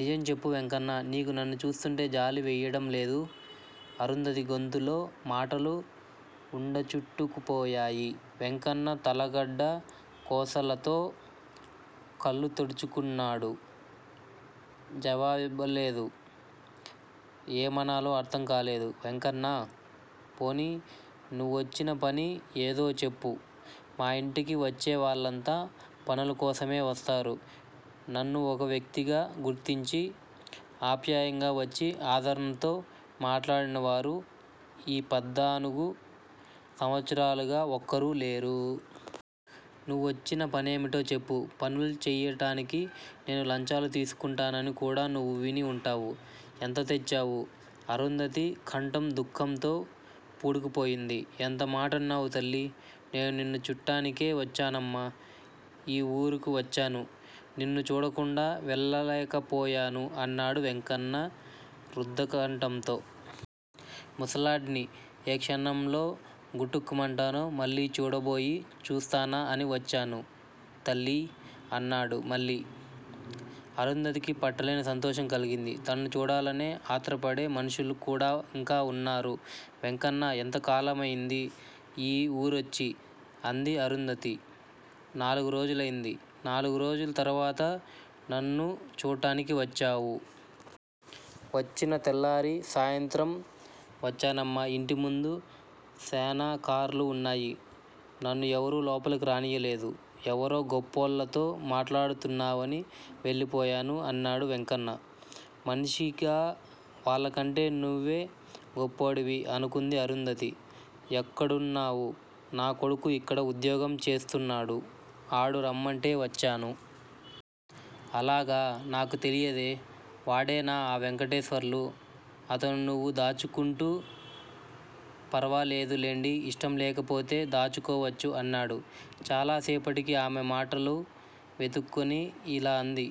నిజం చెప్పు వెంకన్నా! నీకు నన్ను చూస్తూంటే జాలి వెయ్యటంలేదూ? అరుంధతి గొంతులో మాటలు ఉండచుట్టుకుపోయాయి. వెంకన్న తలగడ్డ కొసలతో కళ్ళు తుడుచుకున్నాడు. జవాబివ్వలేదు. ఏమనాలో అర్ధంకాలేదు. వెంకన్నా! పోనియ్. నువ్వొచ్చిన పని ఏదో చెప్పు. మా ఇంటికి వచ్చేవాళ్ళంతా పనులకోసమే వస్తారు. నన్ను ఒక వ్యక్తిగా గుర్తించి, ఆప్యాయంగా వచ్చి ఆదరణతో మాట్లాడినవారు ఈ పద్దానుగు సంవత్సరాలుగా ఒక్కరూ లేరు. నువ్వొచ్చిన పనేమిటో చెప్పు. పనులు చెయ్యటానికి నేను లంచాలు తీసుకుంటానని కూడా నువ్వు విని ఉంటావు. ఎంత తెచ్చావు? అరుంధతి కంఠం దుఃఖంతో పూడుకుపోయింది. ఎంత మాటన్నావు తల్లీ! నేను నిన్ను చూట్టానికే వచ్చానమ్మా! ఈ వూరుకు వచ్చాను. నిన్ను చూడకుండా వెళ్ళలేకపోయాను అన్నాడు వెంకన్న రుద్ధకంఠంతో. ముసలాడ్ని! ఏ క్షణంలో గుటుక్కుమంటానో. మళ్ళీ చూడబోయి చూస్తానా అని వచ్చాను తల్లీ! అన్నాడు మళ్ళీ. అరుంధతికి పట్టలేని సంతోషం కలిగింది. తనను చూడాలని ఆత్రపడే మనుష్యులు కూడా ఇంకా ఉన్నారు! వెంకన్నా! ఎంత కాలమయింది ఈ వూరొచ్చి? అంది అరుంధతి. నాలుగు రోజులయింది. నాలుగు రోజుల తరవాతా నన్ను చూట్టానికి వచ్చావు? వచ్చిన తెల్లారీ, సాయంత్రం వచ్చానమ్మా! ఇంటిముందు శానా కార్లు ఉన్నాయి. నన్ను ఎవరూ లోపలకు రానియ్యలేదు. ఎవరో గొప్పోళ్ళతో మాట్లాడుతున్నావని వెళ్ళిపోయాను అన్నాడు వెంకన్న. మనిషిగా వాళ్ళకంటే నువ్వే గొప్పోడివి అనుకుంది అరుంధతి. ఎక్కడున్నావు? నా కొడుకు ఇక్కడ ఉద్యోగం చేస్తున్నాడు. ఆడు రమ్మంటే వచ్చాను. అలాగా! నాకు తెలియదే? వాడేనా ఆ వెంకటేశ్వర్లు? అతను నువ్వు దాచుకుంటూ ఫర్వాలేదు లెండి ఇష్టం లేకపోతే దాచుకోవచ్చు అన్నాడు. చాలా సేపటికి ఆమె మాటలు వెతుక్కుని యిలా అంది.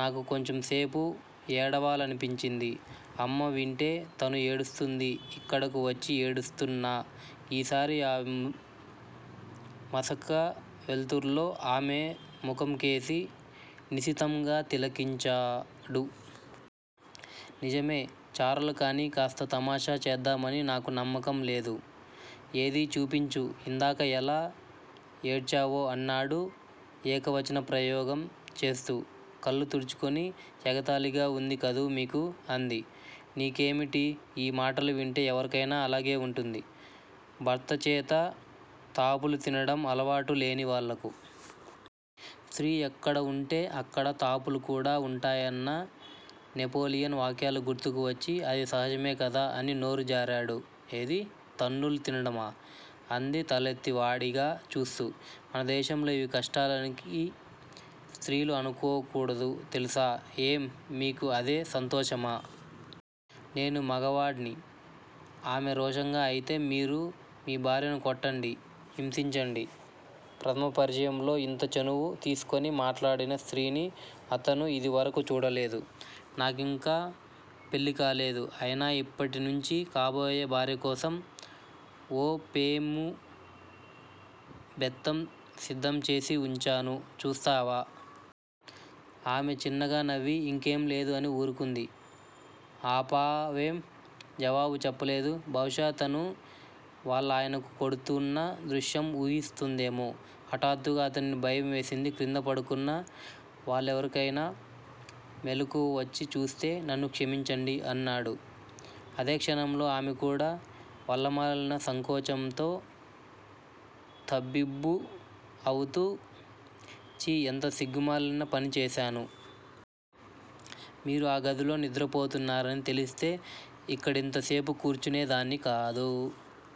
నాకు కొంచెంసేపు ఏడవాలనిపించింది. అమ్మ వింటే తనూ ఏడుస్తుంది యిక్కడకు వచ్చి ఏడుస్తున్నా. ఈసారి ఆ మసక వెల్తుర్లో ఆమె ముఖంకేసి నిశితంగా తిలకించాడు. నిజమే! చారలు కానీ కాస్త తమాషా చేద్దామని నాకు నమ్మకంలేదు. ఏదీ చూపించు, ఇందాక ఎలా ఏడ్చావో అన్నాడు ఏకవచన ప్రయోగం చేస్తూ. కళ్ళు తుడుచుకుని ఎగతాళిగా వుంది కదూ మీకు? అంది. నికేమిటి, యీ మాటలు వింటే ఎవరికైనా అలాగే వుంటుంది. భర్తచేత తాపులు తినటం అలవాటు లేనివాళ్ళకు. స్త్రీ ఎక్కడవుంటే అక్కడే తాపులు కూడా వుంటాయన్న నెపోలియన్ వాక్యాలు గుర్తుకు వచ్చి అది సహజమే కదా? అని నోరు జారాడు. ఏదీ? తన్నులు తినడమా? అంది తలెత్తి వాడిగా చూస్తూ. మన దేశంలో యివి కష్టాలని స్త్రీలు అనుకోకూడదు తెలుసా? ఏం? మీకూ అదే సంతోషమా? నేను మగవాడ్ని. ఆమె రోషంగా అయితే మీరు మీ భార్యను కొట్టండి, హింసించండి. ప్రధమ పరిచయంలో యింత చనువు తీస్కుని మాట్లాడిన స్త్రీని అతను యిదివరకు చూడలేదు. నాకింకా పెళ్ళికాలేదు. అయినా యిప్పటి నుంచీ కాబోయే భార్యకోసం ఓ పేముబెత్తం సిద్దం చేసి వుంచాను. చూసావా? ఆమె చిన్నగా నవ్వి ఇంకేం లేదు అని ఊరుకుంది. ఆపావేం? జవాబు చెప్పలేదు. బహుశా తను వాళ్ళ ఆయనను కొడుతూన్న దృశ్యం ఊహిస్తోందేమో హఠాత్తుగా అతనికి భయంవేసింది క్రింద పడుకున్న వాళ్ళెవరికైనా మెలకువ వచ్చి చూస్తే? నన్ను క్షమించండి అన్నాడు. అదే క్షణంలో ఆమె కూడా వల్లమాలిన సంకోచంతో తబ్బిబ్బు అవుతూ ఛీ ఎంత సిగ్గుమాలిన పనిచేశాను? మీరు ఆ గదిలో నిద్రపోతున్నారని తెలిస్తే యిక్కడింత సేపు కూర్చునే దాన్ని కాదు.